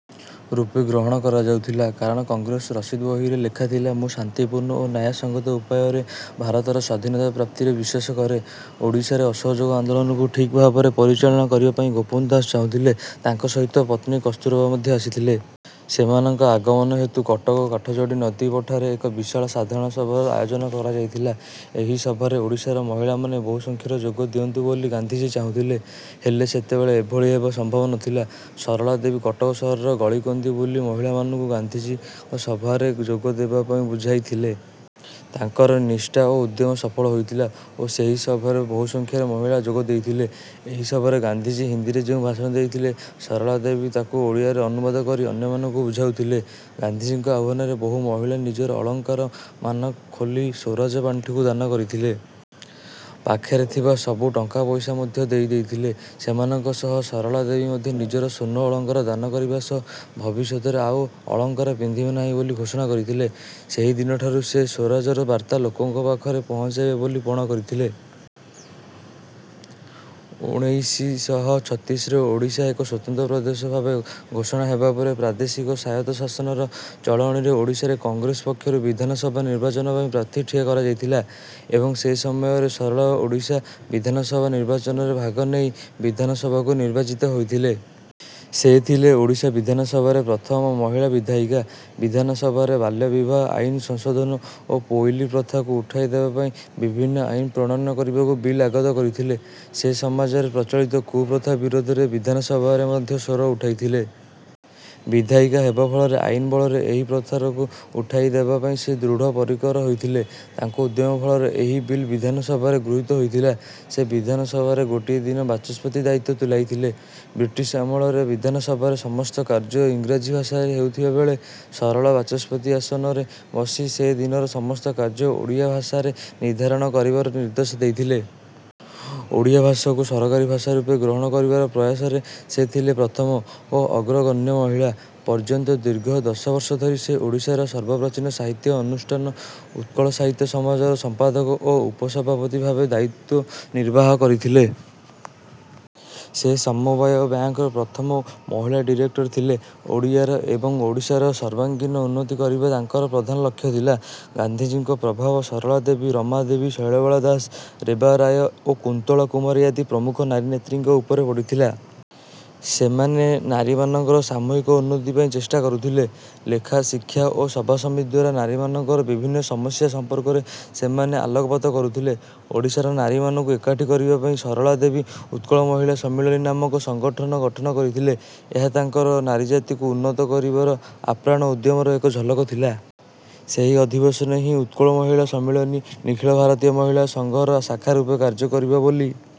ରୂପେ ଗ୍ରହଣ କରାଯାଉଥିଲା। କାରଣ କଂଗ୍ରେସ ରସିଦ୍ ବହିରେ ଲେଖା ଥିଲା ମୁଁ ଶାନ୍ତି ପୂର୍ଣ୍ଣ ଓ ନ୍ୟାୟ ସଂଗତ ଉପାୟରେ ଭାରତର ସ୍ୱାଧୀନତା ପ୍ରାପ୍ତିରେ ବିଶ୍ୱାସ କରେ। ଓଡ଼ିଶାରେ ଅସହଯୋଗ ଆନ୍ଦୋଳନକୁ ଠିକ୍ ଭାବରେ ପରିଚାଳନା କରିବା ପାଇଁ ଗୋପବନ୍ଧୁ ଦାସ ଚାହୁଁଥିଲେ। ତାଙ୍କ ସହିତ ପତ୍ନୀ କସ୍ତୁରବା ମଧ୍ୟ ଆସିଥିଲେ। ସେମାନଙ୍କ ଆଗମନ ହେତୁ କଟକ କାଠଯୋଡ଼ି ନଦୀ ପଠାରେ ଏକ ବିଶାଳ ସାଧାରଣ ସଭାର ଆୟୋଜନ କରାଯାଇଥିଲା। ଏହି ସଭାରେ ଓଡ଼ିଶାର ମହିଳା ମାନେ ବହୁ ସଂଖ୍ୟାରେ ଯୋଗ ଦିଅନ୍ତୁ ବୋଲି ଗାନ୍ଧିଜୀ ଚାହୁଁଥିଲେ। ହେଲେ ସେତେବେଳେ ଏଭଳି ହେବା ସମ୍ଭବ ନଥିଲା। ସରଳା ଦେବୀ କଟକ ସହରର ଗଳିକନ୍ଦି ବୁଲି ମହିଳାମାନଙ୍କୁ ଗାନ୍ଧିଜୀଙ୍କ ସଭାରେ ଯୋଗ ଦେବାପାଇଁ ବୁଝାଇଥିଲେ। ତାଙ୍କର ନିଷ୍ଠା ଓ ଉଦ୍ୟମ ସଫଳ ହୋଇଥିଲା ଓ ସେହି ସଭାରେ ବହୁ ସଂଖ୍ୟାରେ ମହିଳା ଯୋଗ ଦେଇଥିଲେ। ଏହି ସଭାରେ ଗାନ୍ଧିଜୀ ହିନ୍ଦୀରେ ଯେଉଁ ଭାଷଣ ଦେଇଥିଲେ, ସରଳା ଦେବୀ ତାକୁ ଓଡ଼ିଆରେ ଅନୁବାଦ କରି ଅନ୍ୟମାନଙ୍କୁ ବୁଝାଉଥିଲେ। ଗାନ୍ଧିଜୀଙ୍କ ଆହ୍ୱାନରେ ବହୁ ମହିଳା ନିଜର ଅଳଙ୍କାର ମାନ ଖୋଲି ସ୍ୱରାଜ ପାଣ୍ଠିକୁ ଦାନ କରିଥିଲେ। ପାଖରେ ଥିବା ସବୁ ଟଙ୍କା ପଇସା ମଧ୍ୟ ଦେଇଦେଇଥିଲେ। ସେମାନଙ୍କ ସହ ସରଳାଦେବୀ ମଧ୍ୟ ନିଜର ସ୍ୱର୍ଣ୍ଣ ଅଳଙ୍କାର ଦାନ କରିବା ସହ ଭବିଷ୍ୟତରେ ଆଉ ଅଳଙ୍କାର ପିନ୍ଧିବେ ନାହିଁ ବୋଲି ଘୋଷଣା କରିଥିଲେ। ସେହିଦିନଠାରୁ ସେ ସ୍ୱରାଜର ବାର୍ତ୍ତା ଲୋକଙ୍କ ପାଖରେ ପହଞ୍ଚାଇବେ ବୋଲି ପଣ କରିଥିଲେ। ଉଣେଇଶି ଶହ ଛତିଶରେ ଓଡ଼ିଶା ଏକ ସ୍ୱତନ୍ତ୍ର ପ୍ରଦେଶ ଭାବେ ଘୋଷଣା ହେବାପରେ ପ୍ରାଦେଶିକ ସ୍ୱାୟତ୍ତ ଶାସନର ଚଳଣିରେ ଓଡ଼ିଶାରେ କଂଗ୍ରେସ ପକ୍ଷରୁ ବିଧାନ ସଭା ନିର୍ବାଚନ ପାଇଁ ପ୍ରାର୍ଥୀ ଠିଆ କରାଯାଇଥିଲା। ଏବଂ ସେସମୟରେ ସରଳା ଓଡ଼ିଶା ବିଧାନ ସଭା ନିର୍ବାଚନରେ ଭାଗ ନେଇ ବିଧାନ ସଭାକୁ ନିର୍ବାଚିତ ହେଇଥିଲେ। ସେ ଥିଲେ ଓଡ଼ିଶା ବିଧାନ ସଭାରେ ପ୍ରଥମ ମହିଳା ବିଧାୟିକା। ବିଧାନ ସଭାରେ ବାଲ୍ୟ ବିବାହ ଆଇନ୍ର ସଂଶୋଧନ ଓ ପୋଇଲି ପ୍ରଥାକୁ ଉଠାଇ ଦେବା ପାଇଁ ବିଭିନ୍ନ ଆଇନ୍ ପ୍ରଣୟନ କରିବାକୁ ବିଲ୍ ଆଗତ କରିଥିଲେ। ସେ ସମାଜରେ ପ୍ରଚଳିତ କୁପ୍ରଥା ବିରୋଧରେ ବିଧାନ ସଭାରେ ମଧ୍ୟ ସ୍ୱର ଉଠାଇଥିଲେ। ବିଧାୟିକା ହେବା ଫଳରେ ଆଇନ୍ ବଳରେ ଏହି ପ୍ରଥାରକୁ ଉଠାଇ ଦେବା ପାଇଁ ସେ ଦୃଢ଼ ପରିକର ହୋଇଥିଲେ। ତାଙ୍କ ଉଦ୍ୟମ ଫଳରେ ଏହି ବିଲ୍ ବିଧାନ ସଭାରେ ଗୃହୀତ ହୋଇଥିଲା। ସେ ବିଧାନ ସଭାରେ ଗୋଟିଏ ଦିନ ବାଚସ୍ପତି ଦାୟିତ୍ୱ ତୁଲାଇଥିଲେ। ବ୍ରିଟିଶ୍ ଆମଳରେ ବିଧାନ ସଭାରେ ସମସ୍ତ କାର୍ଯ୍ୟ ଇଂରାଜୀ ଭାଷାରେ ହେଉଥିବା ବେଳେ, ସରଳା ବାଚସ୍ପତି ଆସନରେ ବସି ସେଦିନର ସମସ୍ତ କାର୍ଯ୍ୟ ଓଡ଼ିଆ ଭାଷାରେ ନିର୍ଧାରଣ କରିବାର ନିର୍ଦ୍ଦେଶ ଦେଇଥିଲେ। ଓଡ଼ିଆ ଭାଷାକୁ ସରକାରୀ ଭାଷା ରୂପେ ଗ୍ରହଣ କରିବାର ପ୍ରୟାସରେ ସେ ଥିଲେ ପ୍ରଥମ ଓ ଅଗ୍ରଗଣ୍ୟ ମହିଳା। ପର୍ଯ୍ୟନ୍ତ ଦୀର୍ଘ ଦଶବର୍ଷ ଧରି ସେ ଓଡ଼ିଶାର ସର୍ବପ୍ରାଚୀନ ସାହିତ୍ୟ ଅନୁଷ୍ଠାନ ଉତ୍କଳ ସାହିତ୍ୟ ସମାଜର ସମ୍ପାଦକ ଓ ଉପସଭାପତି ଭାବେ ଦାୟିତ୍ୱ ନିର୍ବାହ କରିଥିଲେ। ସେ ସମବାୟ ବ୍ୟାଙ୍କର ପ୍ରଥମ ମହିଳା ଡିରେକ୍ଟର ଥିଲେ। ଓଡ଼ିଆର ଏବଂ ଓଡ଼ିଶାର ସର୍ବାଙ୍ଗୀନ ଉନ୍ନତି କରିବା ତାଙ୍କର ପ୍ରଧାନ ଲକ୍ଷ୍ୟ ଥିଲା। ଗାନ୍ଧିଜୀଙ୍କ ପ୍ରଭାବ ସରଳା ଦେବୀ, ରମା ଦେବୀ, ଶୈଳବାଳା ଦାସ, ରେବା ରାୟ ଓ କୁନ୍ତଳା କୁମାରୀ ଆଦି ପ୍ରମୁଖ ନାରୀନେତ୍ରୀଙ୍କ ଉପରେ ପଡ଼ିଥିଲା। ସେମାନେ ନାରୀମାନଙ୍କର ସାମୂହିକ ଉନ୍ନତି ପାଇଁ ଚେଷ୍ଟା କରୁଥିଲେ। ଲେଖା, ଶିକ୍ଷା ଓ ସଭାସମିତିଦ୍ୱାରା ନାରୀମାନଙ୍କର ବିଭିନ୍ନ ସମସ୍ୟା ସମ୍ପର୍କରେ ସେମାନେ ଆଲୋକପାତ କରୁଥିଲେ। ଓଡ଼ିଶାର ନାରୀମାନଙ୍କୁ ଏକାଠି କରିବାପାଇଁ ସରଳା ଦେବୀ ଉତ୍କଳ ମହିଳା ସମ୍ମିଳନୀ ନାମକ ସଂଗଠନ ଗଠନ କରିଥିଲେ। ଏହା ତାଙ୍କର ନାରୀଜାତିକୁ ଉନ୍ନତ କରିବାର ଆପ୍ରାଣ ଉଦ୍ୟମର ଏକ ଝଲକ ଥିଲା। ସେହି ଅଧିବେଶନରେ ହିଁ ଉତ୍କଳ ମହିଳା ସମ୍ମିଳନୀ, ନିଖିଳ ଭାରତୀୟ ମହିଳା ସଂଘର ଶାଖା ରୂପେ କାର୍ଯ୍ୟ କରିବ ବୋଲି